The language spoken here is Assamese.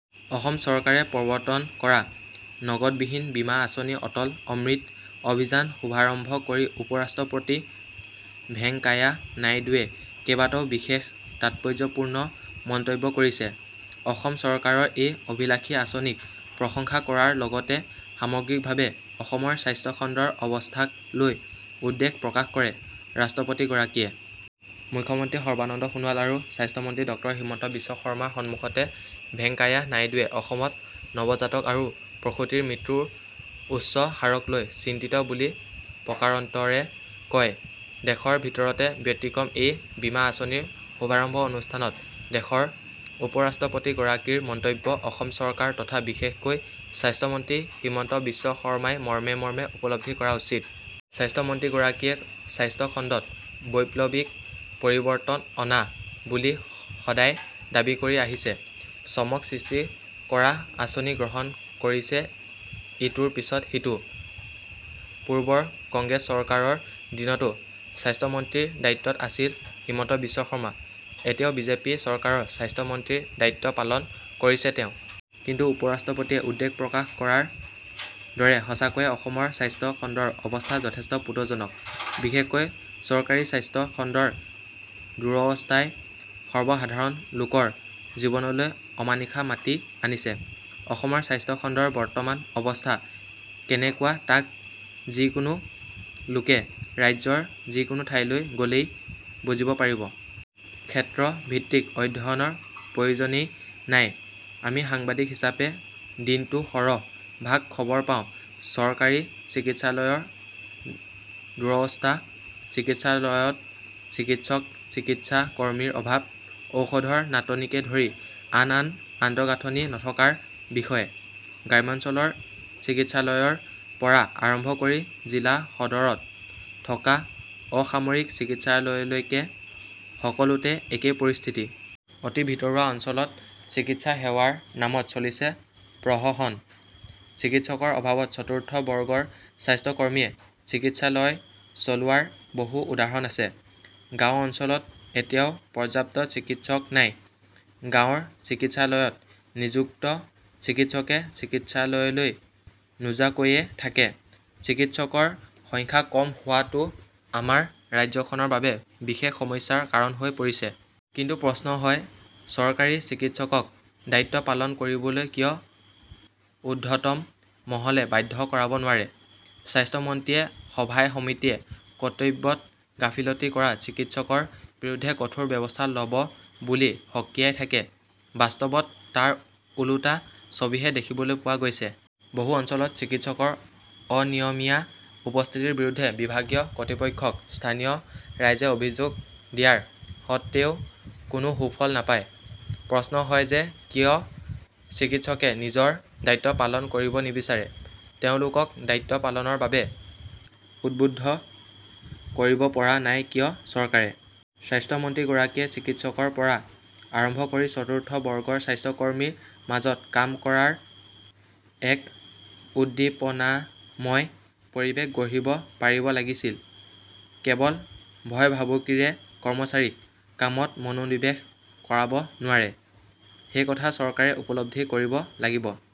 অসম চৰকাৰে প্ৰবৰ্তন কৰা নগদবিহীন বীমা আঁচনি অটল অমৃত অভিযান শুভাৰম্ভ কৰি উপৰাষ্ট্ৰপতি ভেংকায়া নাইডুৱে কেবাটাও বিশেষ তাৎপৰ্যপূৰ্ণ মন্তব্য কৰিছে। অসম চৰকাৰৰ এই অভিলাসী আঁচনিক প্ৰশংসা কৰাৰ লগতে সামগ্ৰিকভাৱে অসমৰ স্বাস্থ্য খণ্ডৰ অৱস্থাক লৈ উদ্বেগ প্ৰকাশ কৰে ৰাষ্ট্ৰপতিগৰাকীয়ে। মুখ্যমন্ত্ৰী সৰ্বানন্দ সোণোৱাল আৰু স্বাস্থ্যমন্ত্ৰী ডক্টৰ হিমন্ত বিশ্ব শৰ্মাৰ সন্মুখতে ভেংকায়া নাইডুৱে অসমত নৱজাতক আৰু প্ৰসূতিৰ মৃত্যুৰ উচ্চ হাৰক লৈ চিন্তিত বুলি প্ৰকাৰন্তৰে কয়। দেশৰ ভিতৰতে ব্যতিক্ৰম এই বীমা আঁচনিৰ শুভাৰম্ভ অনুষ্ঠানত দেশৰ উপৰাষ্ট্ৰপতিগৰাকীৰ মন্তব্য অসম চৰকাৰ তথা বিশেষকৈ স্বাস্থ্যমন্ত্ৰী হিমন্ত বিশ্ব শৰ্মাই মৰ্মে মৰ্মে উপলব্ধি কৰা উচিত। স্বাস্থ্যমন্ত্ৰীগৰাকীয়ে স্বাস্থ্য খণ্ডত বৈপ্লৱিক পৰিৱৰ্তন অনা বুলি সদায় দাবী কৰি আহিছে। চমক সৃষ্টি কৰা আঁচনি গ্ৰহণ কৰিছে ইটোৰ পিছত সিটো। পূৰ্বৰ কংগ্ৰেছ চৰকাৰৰ দিনতো স্বাস্থ্যমন্ত্ৰীৰ দায়িত্বত আছিল হিমন্ত বিশ্ব শৰ্মা। এতিয়াও বিজেপি চৰকাৰৰ স্বাস্থ্যমন্ত্ৰীৰ দায়িত্ব পালন কৰিছে তেওঁ। কিন্তু উপৰাষ্ট্ৰপতিয়ে উদ্বেগ প্ৰকাশ কৰাৰ দৰে সঁচাকৈয়ে অসমৰ স্বাস্থ্য খণ্ডৰ অৱস্থা যথেষ্ট পুতৌজনক। বিশেষকৈ চৰকাৰী স্বাস্থ্য খণ্ডৰ দুৰৱস্থাই সৰ্বসাধাৰণ লোকৰ জীৱনলৈ অমানিশা মাতি আনিছে। অসমৰ স্বাস্থ্য খণ্ডৰ বৰ্তমান অৱস্থা কেনেকুৱা তাক যিকোনো লোকে ৰাজ্যৰ যিকোনো ঠাইলৈ গলেই বুজিব পাৰিব। ক্ষেত্ৰ ভিত্তিক অধ্যয়নৰ প্ৰয়োজনেই নাই। আমি সাংবাদিক হিচাপে দিনটো সৰহ ভাগ খবৰ পাওঁ চৰকাৰী চিকিৎসালয়ৰ দুৰৱস্থা, চিকিৎসালয়ত চিকিৎসক-চিকিৎসা কৰ্মীৰ অভাৱ, ঔষধৰ নাটনিকে ধৰি আন আন আন্তঃগাঁথনি নথকাৰ বিষয়ে। গ্ৰামাঞ্চলৰ চিকিৎসালয়ৰ পৰা আৰম্ভ কৰি জিলা সদৰত থকা অসামৰিক চিকিৎসালয়লৈকে সকলোতে একেই পৰিস্থিতি। অতি ভিতৰুৱা অঞ্চলত চিকিৎসা সেৱাৰ নামত চলিছে প্ৰহসন। চিকিৎসকৰ অভাৱত চতুৰ্থ বৰ্গৰ স্বাস্থ্য কৰ্মীয়ে চিকিৎসালয় চলোৱাৰ বহু উদাহৰণ আছে। গাঁও অঞ্চলত এতিয়াও পৰ্যাপ্ত চিকিৎসক নাই। গাঁৱৰ চিকিৎসালয়ত নিযুক্ত চিকিৎসকে চিকিৎসালয়লৈ নোযোৱাকৈয়ে থাকে। চিকিৎসকৰ সংখ্যা কম হোৱাটো আমাৰ ৰাজ্যখনৰ বাবে বিশেষ সমস্যাৰ কাৰণ হৈ পৰিছে। কিন্তু প্ৰশ্ন হয়, চৰকাৰী চিকিৎসকক দায়িত্ব পালন কৰিবলৈ কিয় ঊৰ্ধ্বতম মহলে বাধ্য কৰাব নোৱাৰে? স্বাস্থ্যমন্ত্ৰীয়ে সভাই-সমিতিয়ে কৰ্তব্যত গাফিলতি কৰা চিকিৎসকৰ বিৰুদ্ধে কঠোৰ ব্যৱস্থা লব বুলি সকীয়াই থাকে। বাস্তৱত তাৰ ওলোটা ছবিহে দেখিবলৈ পোৱা গৈছে। বহু অঞ্চলত চিকিৎসকৰ অনিয়মীয়া উপস্থিতিৰ বিৰুদ্ধে বিভাগীয় কৰ্তৃপক্ষক স্থানীয় ৰাইজে অভিযোগ দিয়াৰ সত্ত্বেও কোনো সুফল নাপায়। প্ৰশ্ন হয় যে কিয় চিকিৎসকে নিজৰ দায়িত্ব পালন কৰিব নিবিচাৰে? তেওঁলোকক দায়িত্ব পালনৰ বাবে উদ্বুদ্ধ কৰিব পৰা নাই কিয় চৰকাৰে? স্বাস্থ্যমন্ত্ৰীগৰাকীয়ে চিকিৎসকৰ পৰা আৰম্ভ কৰি চতুৰ্থ বৰ্গৰ স্বাস্থ্য কৰ্মীৰ মাজত কাম কৰাৰ এক উদ্দীপনাময় পৰিৱেশ গঢ়িব পাৰিব লাগিছিল। কেৱল ভয়-ভাবুকিৰে কৰ্মচাৰীক কামত মনোনিৱেশ কৰাব নোৱাৰে, সেই কথা চৰকাৰে উপলব্ধি কৰিব লাগিব।